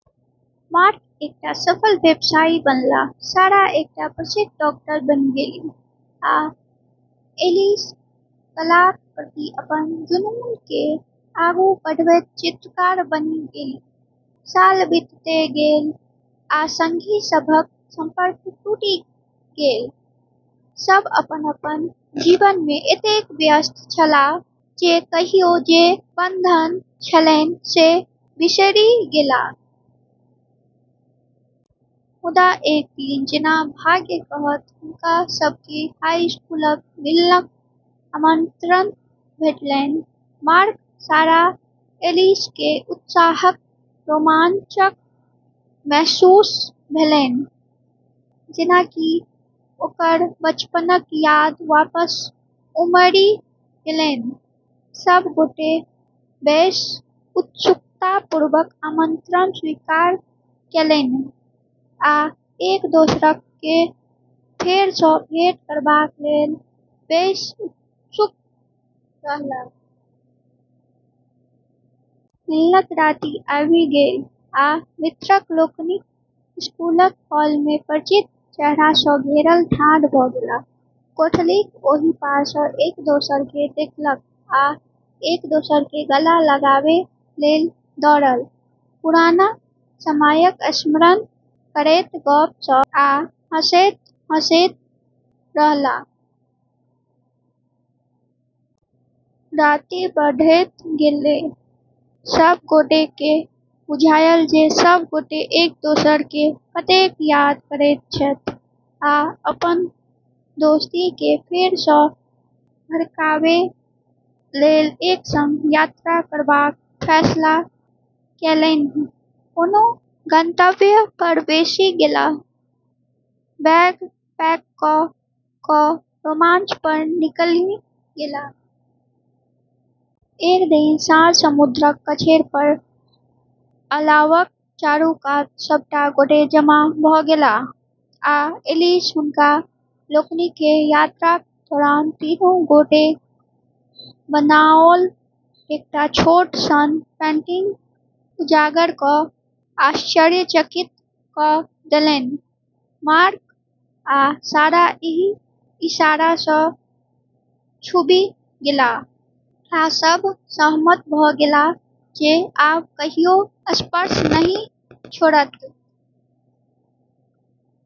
Mark एकटा सफल व्यवसायी बनलाह, सारा एकटा प्रसिद्ध डॉक्टर बनि गेलीह, आ ऐलिस कलाक प्रति अपन जुनूनकेँ आगू बढ़बैत चित्रकार बनि गेलीह। साल बीतैत गेल, आ संगी सभक संपर्क टूटि गेल। सभ अपन-अपन जीवन मे एतेक व्यस्त छलाह जे कहियो जे बंधन छलैन से बिसरि गेलाह। मुदा एक दिन जेना भाग्य कहत, हुनका सभकेँ हाई स्कूलक मिलनक आमंत्रण भेटलैन। मार्क, सारा आ ऐलिसकेँ उत्साहक रोमांच महसूस भेलैन, जेना कि ओकर बचपनक याद वापस उमड़ि गेलैन। सभ गोटे बेस उत्सुकतापूर्वक आमंत्रण स्वीकार कएलनि आ एक दोसराकेँ फेर सँ भेंट करबाक लेल बेस उत्सुक रहलाह। मिलनक राति आबि गेल, आ मित्र लोकनि स्कूलक हॉल मे, परिचित चेहरा सँ घेरल ठाढ़ भऽ गेलाह। कोठलीक ओहि पार सँ एक दोसराकेँ देखलक आ एक दोसराकेँ गला लगाबै लेल दौड़ल। पुरना समयक स्मरण करैत गप्प-सप्प आ हँसैत-हँसैत रहलाह। राति बढ़ैत गेलै, सभ गोटेकेँ बुझायल जे सभ गोटे एक दोसराकेँ कतेक याद करैत छथि आ अपन दोस्तीकेँ फेर सँ भड़काबै लेल एक संग यात्रा करबाक फैसला कएलनि। कोनो गंतव्य पर बैसि गेलाह, बैग पैक कऽ कऽ रोमांच पर निकलि गेलाह। एक दिन साँझ समुद्रक कछेर पर अलावक चारूकात सभ गोटे जमा भऽ गेलाह आ ऐलिस हुनका लोकनिकेँ यात्राक दौरान तीनू गोटेक बनाओल एकटा छोट सन पेंटिंग उजागर कऽ आश्चर्यचकित कऽ देलैन। मार्क आ सारा एहि इशारा सँ छूबि गेलाह, आ सभ सहमत भऽ गेलाह जे आब कहियो स्पर्श नहि छोड़त।